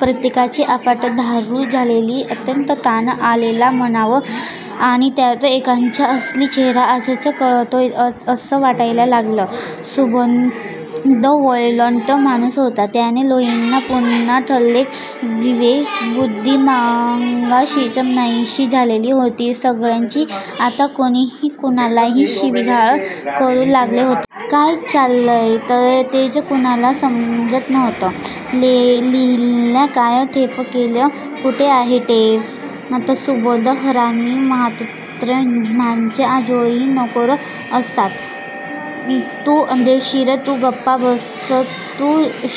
प्रत्येकाची अफाट दारू झालेली. अत्यंत ताण आलेला मनावर! आणि त्यात एकेकाचा असली चेहरा आजच कळतोय असं वाटायला लागलेलं! सुबोध व्हायोलन्ट माणूस होता. त्याने लोहियांना पुन्हा ढकलले. विवेकबुद्धी मगाशीच नाहीशी झालेली होती सगळ्यांची आता कुणीही कुणालाही शिवीगाळ करू लागलेले होते. काय चाललंय तेच कुणाला समजत नव्हतं! लोहिया काय टेप केलंय? कुठे आहे टेप? सुबोध हरामी म्हातार्या. माझ्या आजोळी नोकर होतास तू, अर्देशीर तू गप्प बस, तू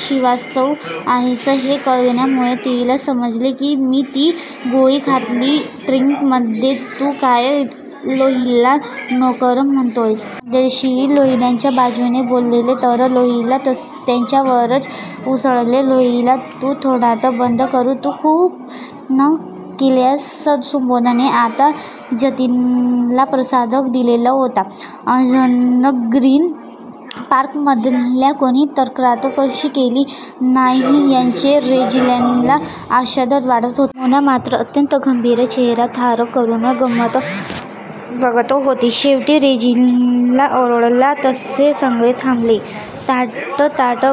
श्रीवास्तव आहेस हे कळल्यामुळे तिला समजले की मी ती गोळी घातली ड्रिन्कमध्ये तू काय लोहियाला नोकर म्हणतोयस. अर्देशीर लोहियांच्या बाजूने बोलले तर लोहिया त्यांच्यावरच उसळले, लोहिया तू थोबाड बंद कर तू खून केलायस, सुबोधने आता जतीनला प्रसाद दिलेला होता. अजून ग्रीन पार्कमधल्या कुणी तक्रार कशी केली नाही याचेच रेजिनाला आश्चर्य वाटत होते. मोना मात्र अत्यंत गंभीर चेहरा धारण करून गंमत बघत होती. शेवटी रेजिना ओरडला तसे सगळे थांबले.. ताडताड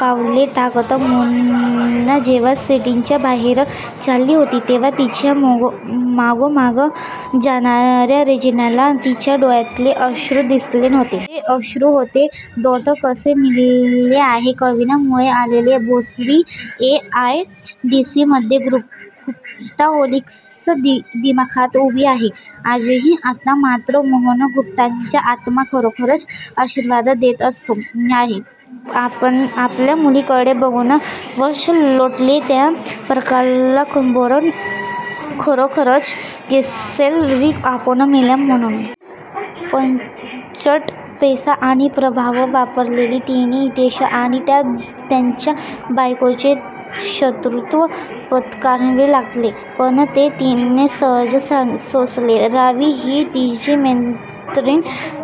पावले टाकत मोना जेव्हा स्विटच्या बाहेर चालली होती तेव्हा तिच्या मागोमाग जाणार्या रेजिनाला तिच्या डोळ्यातले अश्रू दिसलेच नव्हते. ते अश्रू होते डॅड कसे मेले हे कळल्यामुळे आलेले. Bhosari M I D C मध्ये गुप्ता हेलिक्स दिमाखात उभी आहे. आजही, आता मात्र मोहन गुप्तांचा आत्मा खरोखरच आशीर्वाद देत हासतो आहे आपल्या मुलीकडे बघून वर्ष लोटले त्या प्रकाराला, खरोखरच केसेस री ओपन केल्या मोनाने! प्रचंड पैसा आणि प्रभाव वापरले तिने, हितेश आणि त्याच्याबायकोचे शत्रूत्व पत्करावे लागले. पण ते तिने सहज सोसले. रावी ही तिची मैत्रीण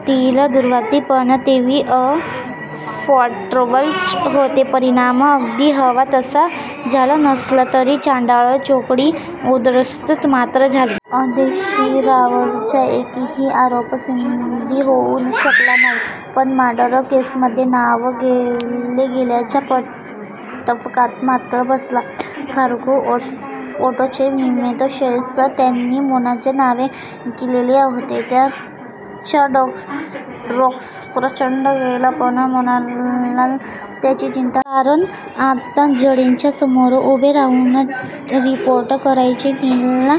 तिला दुरावली. पण तेही अॅफोर्डेबलच होते. परिणाम अगदी हवा तसा झाला नसला तरी चांडाळ चौकडी उद्ध्वस्त मात्र झाली. अर्देशीरांवरचा एकही आरोप सिद्ध होऊ शकला नाही. पण मर्डर केसमध्ये नाव गोवले गेल्याचा ठपका मात्र बसला. फारुख ऑटोचे निम्मे शेअर्स त्यांनी मोनाच्या नावे केलेले होते.. त्याचा टॅक्सच प्रचंड गेला.. पण मोनाला त्याची चिंताच नव्हती. कारण आता जडेजा समोर उभे राहून रिपोर्ट करायचे तिला..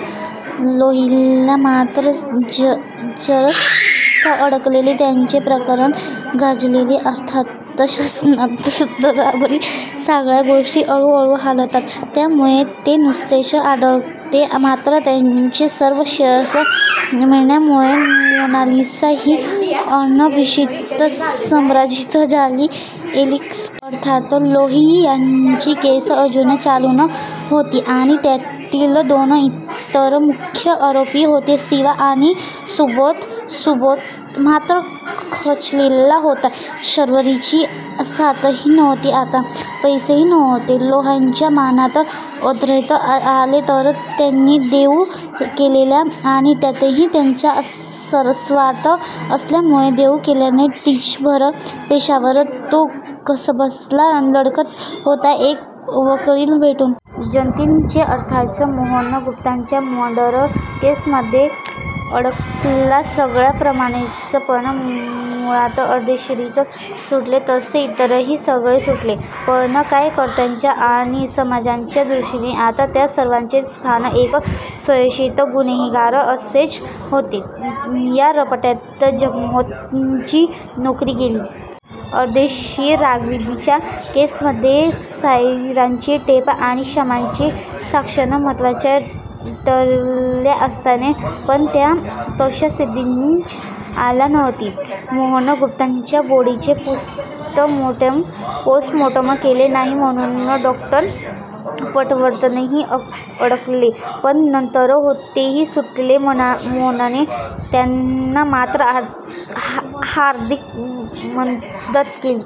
लोहिया मात्र जबरदस्त अडकले. त्यांचे प्रकरण गाजलेच. अर्थात. शासनदरबारी सगळ्या गोष्टी हळूहळू हालतात. त्यामुळे ते नुसतेच अडकले. मात्र त्यांचे सर्व शेअर्स मिळाल्यामुळे मोनालिसा ही अनभिषिक्त सम्राज्ञी झाली हेलिक्सची. अर्थात, लोहियांची केस अजून चालूच होती.आणि त्यातील दोन इतर मुख्य आरोपी होते सिवा आणि सुबोध-सुबोध मात्र खचलेला होता. शर्वरीची साथही नव्हती आता. पैसेही नव्हते. लोहियांच्या मनात औदार्य आले तर त्यांनी देऊ केलेल्या आणि त्यातही त्यांचाच स्वार्थ असल्यामुळे देऊ केलेल्या टिचभर पैशांवर तो कसाबसा लढत होता एक वकील ठेवून.. जतीनचे अर्थातच मोहन गुप्तांच्या मर्डर केसमध्ये अडकला सगळ्यांप्रमाणेच, पण मुळात अर्देशीरच सुटले तसे इतरही सगळे सुटले. पण कायद्याच्या आणि समाजाच्या दृष्टीने आता त्या सर्वांचे स्थान एक संशयीत गुन्हेगार असेच होते. या रपाट्यात जगमोहनची नोकरी गेली.. अर्देशीरांविरुद्धच्या केसमध्ये सायराची टेप आणि शामाची साक्ष महत्वाच्या ठरल्या असत्या.. पण त्या तशा सिद्धच झाल्या नाहीत.. मोहन गुप्तांच्या बॉडीचे पोस्ट मॉर्टेम केले नाही म्हणून डॉ. पटवर्धनही अडकले, पण नंतर तेही सुटले. मोनाने त्यांना मात्र आर्थिक मदत केली.